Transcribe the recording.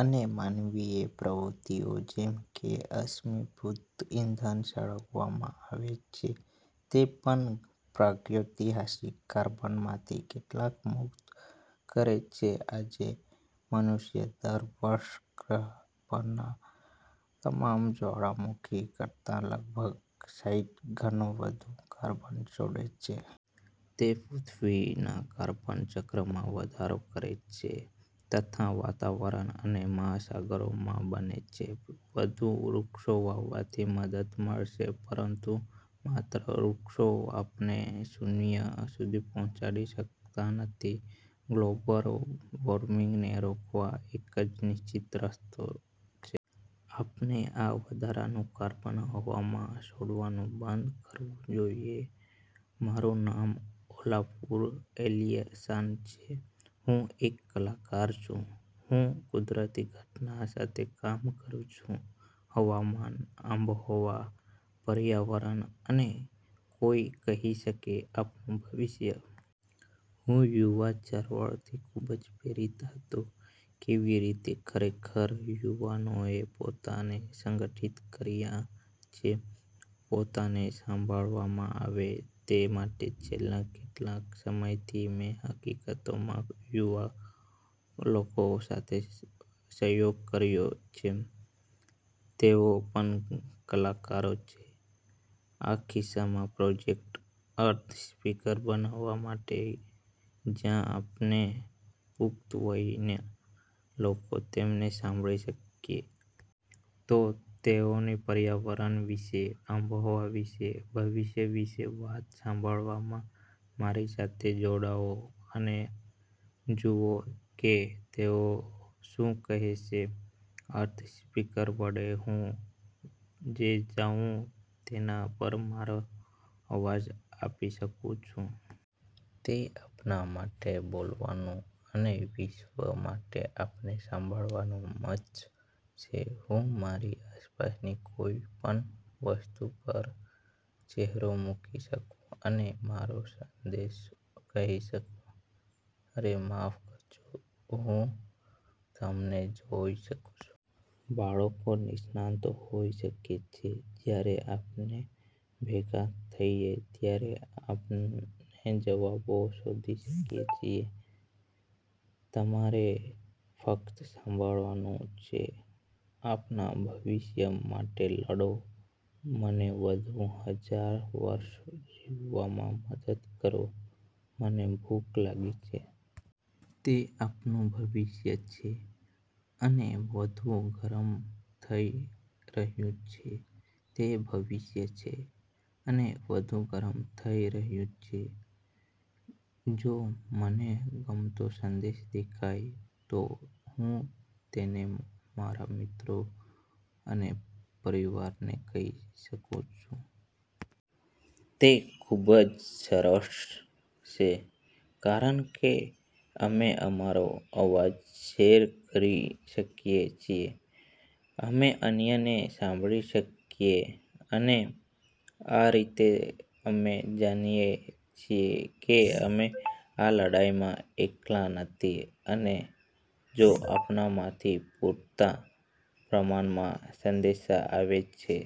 અને માનવીય પ્રવૃતિઓ, જેમ કે અશ્મિભૂત ઇંધણ સળગાવવામાં આવે છે, તે પણ પ્રાગૈતિહાસિક કાર્બનમાંથી કેટલોક મુક્ત કરે છે. આજે, મનુષ્ય દર વર્ષે ગ્રહ પરના તમામ જ્વાળામુખી કરતાં લગભગ સાહીઠ ગણો વધુ કાર્બન છોડે છે. તે પૃથ્વીના કાર્બન ચક્રમાં વધારો કરે છે તથા વાતાવરણ અને મહાસાગરોમાં બને છે. વધુ વૃક્ષો વાવવાથી મદદ મળશે, પરંતુ માત્ર વૃક્ષો આપણને શુન્ય સુધી પહોંચાડી શકતા નથી. ગ્લોબલ વોર્મિંગને રોકવાનો એક જ નિશ્ચિત રસ્તો છે. આપણે આ વધારાનું કાર્બન હવામાં છોડવાનું બંધ કરવું જોઈએ. મારું નામ ઓલાફુર એલિઆસન છે. હું એક કલાકાર છું. હું કુદરતી ઘટના સાથે કામ કરું છું, હવામાન, આબોહવા, પર્યાવરણ અને કોઈ કહી શકે, આપણું ભવિષ્ય? હું યુવા ચળવળથી ખૂબ પ્રેરિત હતો, કેવી રીતે ખરેખર યુવાનોએ પોતાને સંગઠિત કર્યા છે, પોતાને સાંભળવામાં આવે તે માટે. છેલ્લા કેટલાક સમયથી, મેં હકીકતમાં યુવા લોકો સાથે સહયોગ કર્યો છે, તેઓ પણ કલાકારો છે, આ કિસ્સામાં પ્રોજેક્ટ "અર્થ સ્પીકર" બનાવવા માટે જ્યાં આપણે, પુખ્ત વયના લોકો, તેમને સાંભળી શકીએ. તો તેઓની પર્યાવરણ વિશે, આબોહવા વિશે, ભવિષ્ય વિશે વાત સાંભળવામાં મારી સાથે જોડાઓ અને જુઓ કે તેઓ શું કહે છે. "અર્થ સ્પીકર" વડે હું જે જાઉં, તેના પર મારો અવાજ આપી શકું છું. તે આપણા માટે બોલવાનું અને વિશ્વ માટે આપણને સાંભળવાનું મંચ છે. હું મારી આસપાસની કોઈપણ વસ્તુ પર ચહેરો મૂકી શકું અને મારો સંદેશ કહી શકું. અરે માફ કરજો, હું તમને જૉઈ શકું છું. બાળકો નિષ્ણાતો હોઈ શકે છે. જ્યારે આપણે ભેગા થઈએ, ત્યારે આપણે જવાબો શોધી શકીએ છીએ. તમારે ફક્ત સાંભળવાનું છે. આપણા ભવિષ્ય માટે લડો. મને વધુ હજારવર્ષ જીવવામાં મદદ કરો. મને ભૂખ લાગી છે! તે આપણું ભવિષ્ય છે, અને વધુ ગરમ થઈ રહ્યું છે. તે ભવિષ્ય છે, અને વધુ ગરમ થઈ રહ્યું છે. જો મને ગમતો સંદેશ દેખાય, તો હું તેને મારા મિત્રો અને પરિવારને કહી શકું છું. તે ખૂબ જ સરસ છે કારણ કે, અમે અમારો અવાજ શેર કરી શકીએ છીએ, અમે અન્યને સાંભળી શકીએ, અને આ રીતે અમે જાણીએ છીએ કે અમે આ લડાઈમાં એકલા નથી. અને જો આપણામાંથી પૂરતા પ્રમાણમાં સંદેશા આવે છે.